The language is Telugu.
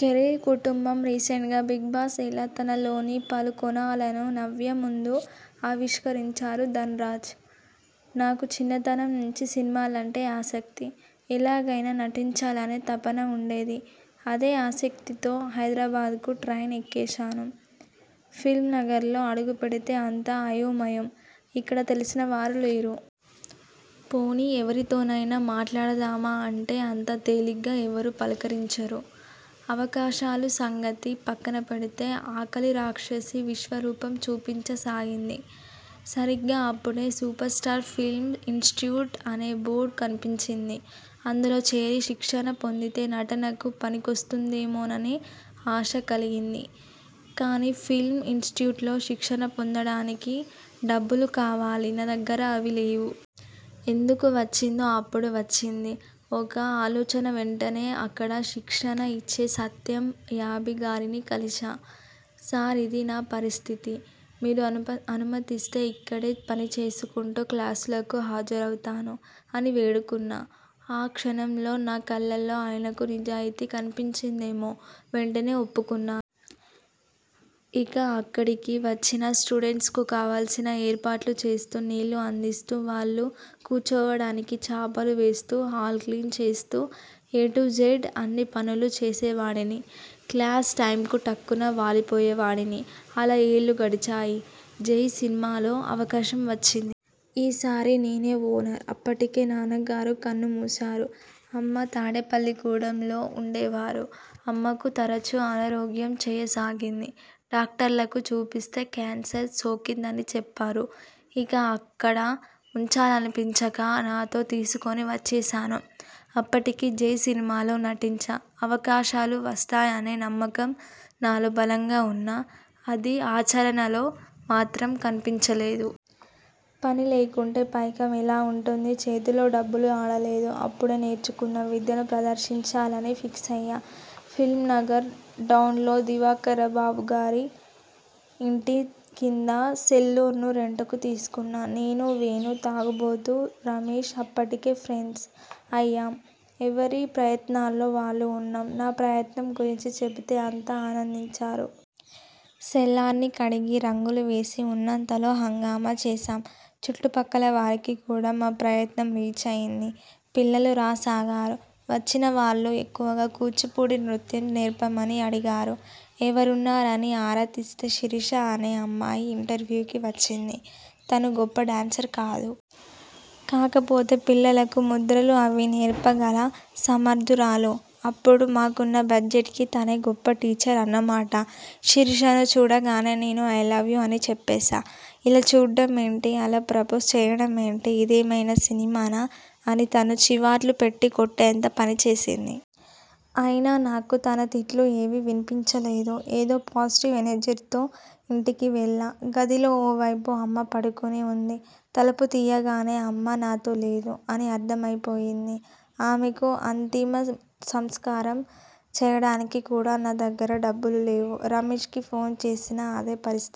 కెరీర్, కుటుంబం, రీసెంట్గా బిగ్బాస్ ఇలా తనలోని పలు కోణాలను 'నవ్య' ముందు ఆవిష్కరించారు ధన్రాజ్. ''నాకు చిన్నతనం నుంచి సినిమాలంటే ఆసక్తి. ఎలాగైనా నటించాలనే తపన ఉండేది. అదే ఆసక్తితో హైదరాబాద్కి ట్రైన్ ఎక్కేశాను. ఫిల్మ్నగర్లో అడుగుపెడితే అంతా అయోమయం. ఇక్కడ తెలిసిన వారు లేరు. పోనీ ఎవరితోనైనా మాట్లాడదామా అంటే అంత తేలిగ్గా ఎవరూ పలకరించరు. అవకాశాల సంగతి పక్కనపెడితే, ఆకలిరాక్షసి విశ్వరూపం చూపించసాగింది. సరిగ్గా అప్పుడే 'సూపర్స్టార్ ఫిల్మ్ ఇన్స్టిట్యూట్' అనే బోర్డు కనిపించింది. అందులో చేరి శిక్షణ పొందితే నటనకు పనికొస్తుందేమోననే ఆశ కలిగింది. కానీ ఫిల్మ్ ఇన్స్టిట్యూట్లో శిక్షణ పొందడానికి డబ్బులు కావాలి నా దగ్గర అవి లేవు. ఎందుకు వచ్చిందో అప్పుడు వచ్చింది ఒక ఆలోచన వెంటనే అక్కడ శిక్షణ ఇచ్చే సత్యం యాబి గారిని కలిశా. 'సార్ ఇదీ నా పరిస్థితి. మీరు అనుమతిస్తే ఇక్కడే పనిచేసుకుంటూ, క్లాసులకు హాజరవుతాను' అని వేడుకున్నా. ఆ క్షణంలో నా కళ్లల్లో ఆయనకు నిజాయతీ కనిపించిందేమో, వెంటనే ఒప్పుకున్నా. ఇక అక్కడికి వచ్చిన స్టూడెంట్స్కి కావాల్సిన ఏర్పాట్లు చేస్తూ, నీళ్లు అందిస్తూ, వాళ్లు కూర్చోవడానికి చాపలు వేస్తూ హాల్ క్లీన్ చేస్తూ ఎ టు జెడ్ అన్నీ పనులు చేసేవాడిని. క్లాస్ టైమ్కి టక్కున వాలిపోయేవాడిని. అలా ఏళ్లు గడిచాయి. 'జై' సినిమాలో అవకాశం వచ్చింది. ఈ సారి నేనే ఓనర్! అప్పటికే నాన్నగారు కన్నుమూశారు. అమ్మ తాడేపల్లిగూడెంలో ఉండేవారు. అమ్మకు తరచూ అనారోగ్యం చేయసాగింది. డాక్టర్లకు చూపిస్తే కేన్సర్ సోకిందని చెప్పారు. ఇక అక్కడ ఉంచాలనిపించక, నాతో తీసుకుని వచ్చేశాను. అప్పటికి 'జై' సినిమాలో నటించా. అవకాశాలు వస్తాయనే నమ్మకం నాలో బలంగా ఉన్నా, అది ఆచరణలో మాత్రం కనిపించలేదు. పనిలేకుంటే పైకం ఎలా ఉంటుంది? చేతిలో డబ్బులు ఆడలేదు. అప్పుడే నేర్చుకున్న విద్యను ప్రదర్శించాలని ఫిక్స్ అయ్యా. ఫిల్మ్నగర్ డౌన్లో దివాకర్బాబుగారి ఇంటి కింద సెల్లార్ను రెంట్కు తీసుకున్నా. నేను, వేణు, 'తాగుబోతు' రమేశ్ అప్పటికే ఫ్రెండ్స్ అయ్యాం. ఎవరి ప్రయత్నాల్లో వాళ్లు ఉన్నాం. నా ప్రయత్నం గురించి చెబితే అంతా ఆనందించారు. సెల్లార్ని కడిగి, రంగులు వేసి ఉన్నంతలో హంగామా చేశాం. చుట్టుపక్కలవారికి కూడా మా ప్రయత్నం రీచ్ అయింది. పిల్లలు రాసాగారు. వచ్చిన వాళ్లు ఎక్కువగా కూచిపూడి నృత్యం నేర్పమని అడిగారు. ఎవరున్నారని ఆరా తీస్తే శిరీష అనే అమ్మాయి ఇంటర్వ్యూకి వచ్చింది. తను గొప్ప డ్యాన్సర్ కాదు. కాకపోతే పిల్లలకు ముద్రలు అవీ నేర్పగల సమర్థురాలు. అప్పుడు మాకున్న బడ్జెట్కి తనే గొప్ప టీచర్ అన్నమాట. శిరీషను చూడగానే నేను 'ఐలవ్యూ' అని చెప్పేశా. 'ఇలా చూడ్డమేంటి? అలా ప్రపోజ్ చేయడమేంటి? ఇదేమైనా సినిమానా? ' అని తను చీవాట్లు పెట్టి కొట్టేంత పనిచేసింది. అయినా నాకు తన తిట్లు ఏవీ వినిపించలేదు. ఏదో పాజిటివ్ ఎనర్జీతో ఇంటికి వెళ్లా. గదిలో ఓ వైపు అమ్మ పడుకుని ఉంది. తలుపు తీయగానే 'అమ్మ నాతో లేదు' అని అర్థమైపోయింది. ఆమెకు అంతిమసంస్కారం చేయడానికి కూడా నా దగ్గర డబ్బులు లేవు. రమేశ్కి ఫోన్ చేసినా అదే పరిసి.